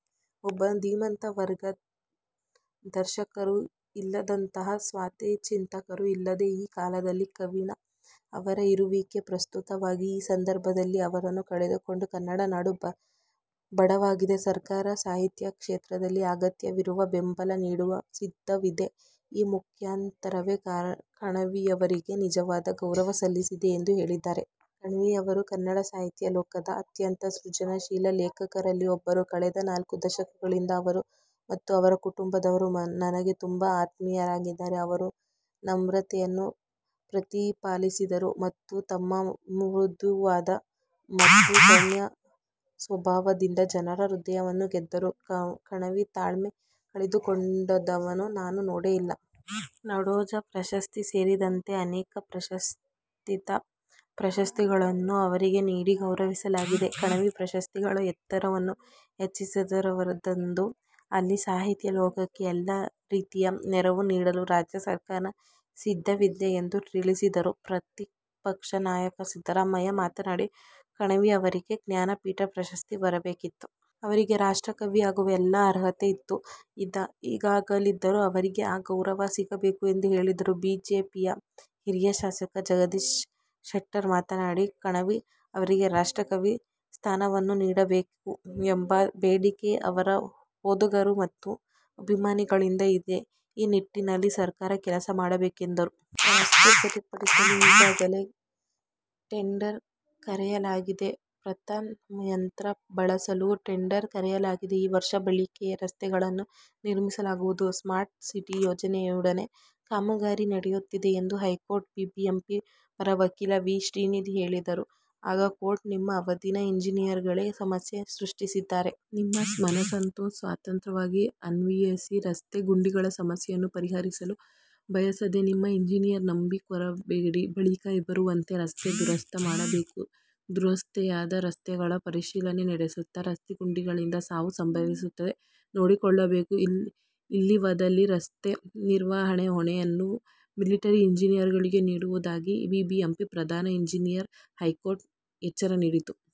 ಒಬ್ಬ ಧೀಮಂತ, ಮಾರ್ಗದರ್ಶಕರು ಇಲ್ಲದಂತಾಗಿದೆ. ಸಾತ್ವಿಕ ಚಿಂತಕರು ಇಲ್ಲದ ಈ ಕಾಲದಲ್ಲಿ ಕಣವಿ ಅವರ ಇರುವಿಕೆ ಪ್ರಸ್ತುತವಾಗಿತ್ತು. ಈ ಸಂದರ್ಭದಲ್ಲಿ ಅವರನ್ನು ಕಳೆದುಕೊಂಡು ಕನ್ನಡ ನಾಡು ಬಡವಾಗಿದೆ. ಸರ್ಕಾರ ಸಾಹಿತ್ಯ ಕ್ಷೇತ್ರಕ್ಕೆ ಅಗತ್ಯವಿರುವ ಬೆಂಬಲ ನೀಡುವ ಸಿದ್ಧವಿದೆ. ಈ ಮುಖಾಂತರವೇ ಕಣವಿಯವರಿಗೆ ನಿಜವಾದ ಗೌರವ ಸಲ್ಲಿಸಲಿದೆ ಎಂದು ಹೇಳಿದ್ದಾರೆ. "ಕಣವಿಯವರು ಕನ್ನಡ ಸಾಹಿತ್ಯ ಲೋಕದ ಅತ್ಯಂತ ಸೃಜನಶೀಲ ಲೇಖಕರಲ್ಲಿ ಒಬ್ಬರು. ಕಳೆದ ನಾಲ್ಕು ದಶಕಗಳಿಂದ ಅವರು ಮತ್ತು ಅವರ ಕುಟುಂಬದವರು ನನಗೆ ತುಂಬಾ ಆತ್ಮೀಯರಾಗಿದ್ದರು. ಅವರು ನಮ್ರತೆಯನ್ನು ಪ್ರತಿಪಾದಿಸಿದ್ದರು. ಮತ್ತು ತಮ್ಮ ಮೃದುವಾದ ಮತ್ತು ಸೌಮ್ಯ ಸ್ವಭಾವದಿಂದ ಜನರ ಹೃದಯವನ್ನು ಗೆದ್ದರು, ಕಣವಿ ತಾಳ್ಮೆ ಕಳೆದುಕೊಂಡಿದ್ದನ್ನು ನಾನು ನೋಡಿಲ್ಲ. "ನಾಡೋಜ ಪ್ರಶಸ್ತಿ ಸೇರಿದಂತೆ ಅನೇಕ ಪ್ರತಿಷ್ಠಿತ ಪ್ರಶಸ್ತಿಗಳನ್ನು ಅವರಿಗೆ ನೀಡಿ ಗೌರವಿಸಲಾಗಿದೆ. ಕಣವಿ ಪ್ರಶಸ್ತಿಗಳ ಎತ್ತರವನ್ನು ಹೆಚ್ಚಿಸಿದ್ದವರಾಗಿದ್ದಾರೆಂದರು. ಅಲ್ಲದೆ, ಸಾಹಿತ್ಯ ಲೋಕಕ್ಕೆ ಎಲ್ಲಾ ರೀತಿಯ ನೆರವು ನೀಡಲು ರಾಜ್ಯ ಸರ್ಕಾರ ಸಿದ್ಧವಿದೆ ಎಂದು ತಿಳಿಸಿದರು. ಪ್ರತಿಪಕ್ಷ ನಾಯಕ ಸಿದ್ದರಾಮಯ್ಯ ಮಾತನಾಡಿ, ಕಣವಿ ಅವರಿಗೆ ಜ್ಞಾನಪೀಠ ಪ್ರಶಸ್ತಿ ಬರಬೇಕಿತ್ತು. "ಅವರಿಗೆ 'ರಾಷ್ಟ್ರಕವಿ' ಆಗುವ ಎಲ್ಲ ಅರ್ಹತೆ ಇತ್ತು. ಈಗಲಾದರೂ ಅವರಿಗೆ ಆ ಗೌರವ ಸಿಗಬೇಕು ಎಂದು ಹೇಳಿದರು. ಬಿಜೆಪಿ ಹಿರಿಯ ಶಾಸಕ ಜಗದೀಶ ಶೆಟ್ಟರ್ ಮಾತನಾಡಿ, ಕಣವಿ ಅವರಿಗೆ 'ರಾಷ್ಟ್ರಕವಿ' ಸ್ಥಾನಮಾನ ನೀಡಬೇಕು ಎಂಬ ಬೇಡಿಕೆ ಅವರ ಓದುಗರು ಮತ್ತು ಅಭಿಮಾನಿಗಳಿಂದ ಇದೆ. ಈ ನಿಟ್ಟಿನಲ್ಲಿ ಸರಕಾರ ಕೆಲಸ ಮಾಡಬೇಕು ಎಂದರು. ರಸ್ತೆಗಳನ್ನು ಸರಿಪಡಿಸಲು ಈಗಾಗಲೇ ಟೆಂಡರ್ ಕರೆಯಲಾಗಿದೆ. ಪೈಥಾನ್ ಯಂತ್ರ ಬಳಸಲು ಟೆಂಡರ್ ಕರೆಯಲಾಗಿದೆ. ವರ್ಷ ಬಾಳಿಕೆಯ ರಸ್ತೆಗಳನ್ನು ನಿರ್ಮಿಸಲಾಗುವುದು. ಸ್ಮಾರ್ಟ್ ಸಿಟಿ ಯೋಜನೆಯಡಿಯೂ ಕಾಮಗಾರಿ ನಡೆಯುತ್ತಿದೆ ಎಂದು ಹೈಕೋರ್ಟ್ಗೆ ಬಿಬಿಎಂಪಿ ಪರ ವಕೀಲ ವಿ. ಶ್ರೀನಿಧಿ ಹೇಳಿದರು. ಆಗ ಕೋರ್ಟ್, ನಿಮ್ಮ ಅಧೀನ ಇಂಜಿನಿಯರ್ಗಳೇ ಸಮಸ್ಯೆ ಸೃಷ್ಟಿಸಿದ್ದಾರೆ. ನಿಮ್ಮ ಮನಸ್ಸನ್ನು ಸ್ವತಂತ್ರವಾಗಿ ಅನ್ವಯಿಸಿ, ರಸ್ತೆ ಗುಂಡಿಗಳ ಸಮಸ್ಯೆಯನ್ನು ಪರಿಹರಿಸಲು ಬಯಸದ ನಿಮ್ಮ ಎಂಜಿನಿಯರ್ಗಳ ನಂಬಿ ಕೂರಬೇಡಿ. ಬಾಳಿಕೆ ಬರುವಂತೆ ರಸ್ತೆ ದುರಸ್ತಿ ಮಾಡಬೇಕು. ದುರಸ್ತಿಯಾದ ರಸ್ತೆಗಳ ಪರಿಶೀಲನೆ ನಡೆಸುತ್ತೇವೆ. ರಸ್ತೆ ಗುಂಡಿಗಳಿಂದ ಸಾವು ಸಂಭವಿಸದಂತೆ ನೋಡಿಕೊಳ್ಳಬೇಕು. ಇಲ್ಲವಾದಲ್ಲಿ ರಸ್ತೆ ನಿರ್ವಹಣೆ ಹೊಣೆಯನ್ನು ಮಿಲಿಟರಿ ಇಂಜಿನಿಯರ್ಗಳಿಗೆ ನೀಡುವುದಾಗಿ ಬಿಬಿಎಂಪಿ ಪ್ರಧಾನ ಇಂಜಿನಿಯರ್ಗೆ ಹೈಕೋರ್ಟ್ ಎಚ್ಚರಿಕೆ ನೀಡಿತು.